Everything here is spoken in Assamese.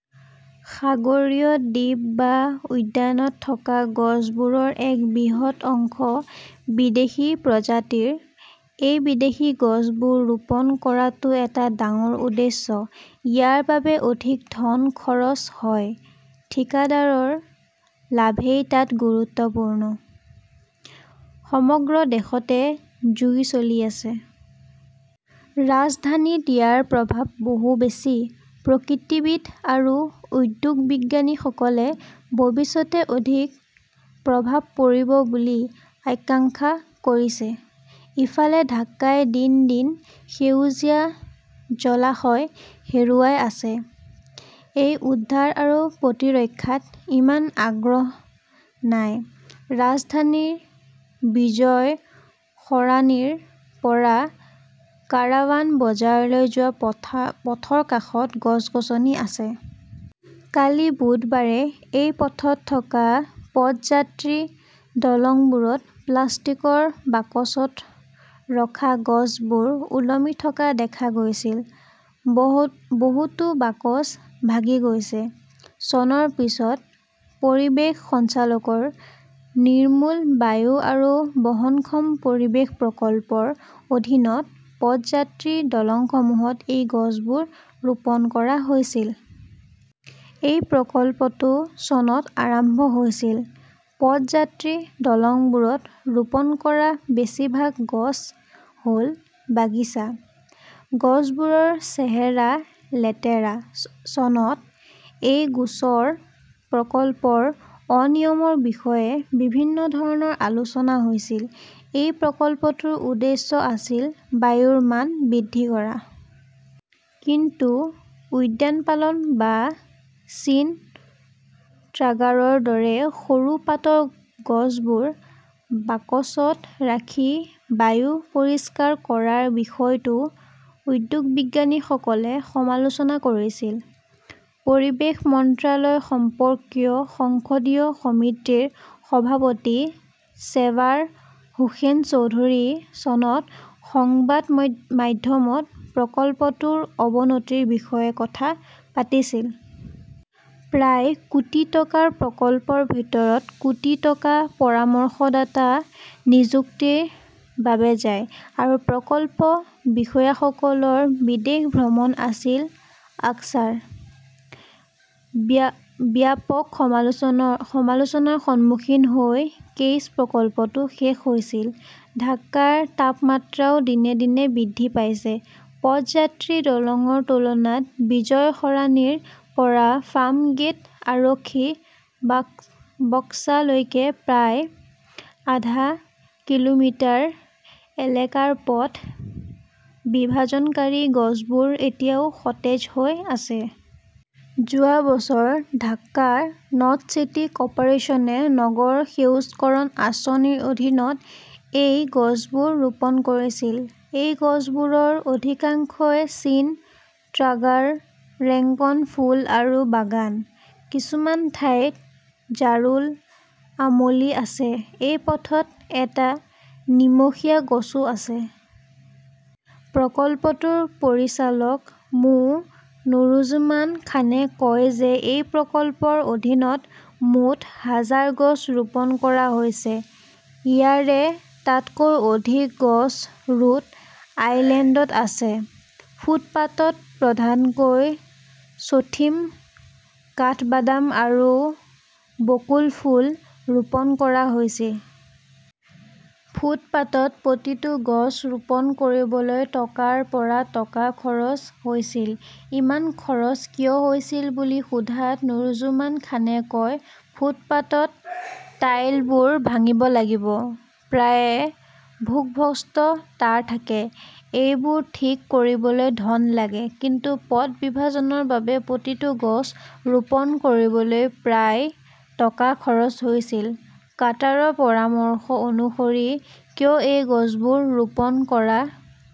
সাগৰীয় দ্বীপ বা উদ্যানত থকা গছবোৰৰ এক বৃহৎ অংশ বিদেশী প্ৰজাতিৰ। এই বিদেশী গছবোৰ ৰোপণ কৰাটো এটা ডাঙৰ উদ্দেশ্য, ইয়াৰ বাবে অধিক ধন খৰচ হয়। ঠিকাদাৰৰ লাভই তাত গুৰুত্বপূৰ্ণ। সমগ্ৰ দেশতে জুই চলি আছে। ৰাজধানীত ইয়াৰ প্ৰভাৱ বহু বেছি। প্ৰকৃতিবিদ আৰু উদ্ভিদবিজ্ঞানীসকলে ভৱিষ্যতে অধিক প্ৰভাৱ পৰিব বুলি আশংকা কৰিছে। ইফালে, ঢাকাই দিন-দিন সেউজীয়া, জলাশয় হেৰুৱাই আছে। এই উদ্ধাৰ আৰু প্ৰতিৰক্ষাত ইমান আগ্ৰহ নাই। ৰাজধানীৰ বিজয় সৰাণীৰ পৰা কাৰাৱান বজাৰলৈ যোৱা পথৰ কাষত গছ-গছনি আছে। কালি বুধবাৰে এই পথত থকা পদযাত্ৰী-দলংবোৰত প্লাষ্টিকৰ বাকচত ৰখা গছবোৰ ওলমি থকা দেখা গৈছিল। বহুতো বাকচ ভাঙি গৈছে। চনৰ পিছত পৰিৱেশ সঞ্চালকালয়ৰ 'নিৰ্মল বায়ু আৰু বহনক্ষম পৰিৱেশ প্ৰকল্প " ৰ অধীনত পদযাত্ৰী-দলংসমূহত এই গছবোৰ ৰোপণ কৰা হৈছিল। এই প্ৰকল্পটো চনত আৰম্ভ হৈছিল। পদযাত্ৰী-দলংবোৰত ৰোপণ কৰা বেছিভাগ গছ হ 'ল বাগিচা। গছবোৰৰ চেহেৰা লেতেৰা। চনত এই গোচৰ প্ৰকল্পৰ অনিয়মৰ বিষয়ে বিভিন্ন ধৰণৰ আলোচনা হৈছিল। এই প্ৰকল্পটোৰ উদ্দেশ্য আছিল বায়ুৰ মান বৃদ্ধি কৰা। কিন্তু উদ্যানপালন বা চীনা টগাৰৰ দৰে সৰু পাতৰ গছবোৰ বাকচত ৰাখি বায়ু পৰিষ্কাৰ কৰাৰ বিষয়টো উদ্ভিদবিজ্ঞানীসকলে সমালোচনা কৰিছিল। পৰিৱেশ মন্ত্ৰালয় সম্পৰ্কীয় সংসদীয় সমিতিৰ সভাপতি চেবাৰ হোসেন চৌধুৰীয়ে চনত সংবাদ মাধ্যমত প্ৰকল্পটোৰ অৱনতিৰ বিষয়ে কথা পাতিছিল। প্ৰায় কোটি টকাৰ প্ৰকল্পৰ ভিতৰত কোটি টকা পৰামৰ্শদাতা নিযুক্তিৰ বাবে যায়। আৰু প্ৰকল্প বিষয়াসকলৰ বিদেশ ভ্ৰমণ আছিল আকছাৰ। ব্যাপক সমালোচনাৰ সন্মুখীন হৈ কেইছ প্ৰকল্পটো শেষ হৈছিল। ঢাকাৰ তাপমাত্ৰাও দিনে দিনে বৃদ্ধি পাইছে। পদযাত্ৰী-দলংৰ তুলনাত বিজয় সৰাণীৰ পৰা ফাৰ্মগেট আৰক্ষী বক্সলৈকে প্ৰায় আধা কিলোমিটাৰ এলেকাৰ পথ বিভাজনকাৰী গছবোৰ এতিয়াও সতেজ হৈ আছে। যোৱা বছৰ ঢাকা নৰ্থ চিটি কৰ্পোৰেচনে 'নগৰ সেউজকৰণ "আঁচনিৰ অধীনত এই গছবোৰ ৰোপণ কৰিছিল। এই গছবোৰৰ অধিকাংশই চীনা টগাৰ, ৰেংকন ফুল আৰু বাগান। কিছুমান ঠাইত জাৰুল, আমলী আছে। এই পথত এটা নিমখীয়া গছও আছে। প্ৰকল্পটোৰ পৰিচালক মো. নুৰুজ্জমান খানে কয় যে এই প্ৰকল্পৰ অধীনত মুঠ হাজাৰ গছ ৰোপণ কৰা হৈছে। ইয়াৰে তকৈও অধিক গছ ৰোড আইলেণ্ডত আছে। ফুটপাতত প্ৰধানকৈ চথিম, কাঠবাদাম আৰু বকুল ফুল ৰোপণ কৰা হৈছে। ফুটপাতত প্ৰতিটো গছ ৰোপণ কৰিবলৈ টকাৰ পৰা টকা খৰচ হৈছিল। ইমান খৰচ কিয় হৈছিল বুলি সোধাত নুৰুজ্জমান খানে কয়, "ফুটপাতত টাইলবোৰ ভাঙিব লাগিব। প্ৰায়ে ভূগৰ্ভস্থ তাঁৰ থাকে। এইবোৰ ঠিক কৰিবলৈও ধন লাগে। "কিন্তু পথ বিভাজনৰ বাবে প্ৰতিটো গছ ৰোপণ কৰিবলৈ প্ৰায় টকা খৰচ হৈছিল। কাটাৰৰ পৰামৰ্শ অনুসৰি কিয় এই গছবোৰ ৰোপণ কৰা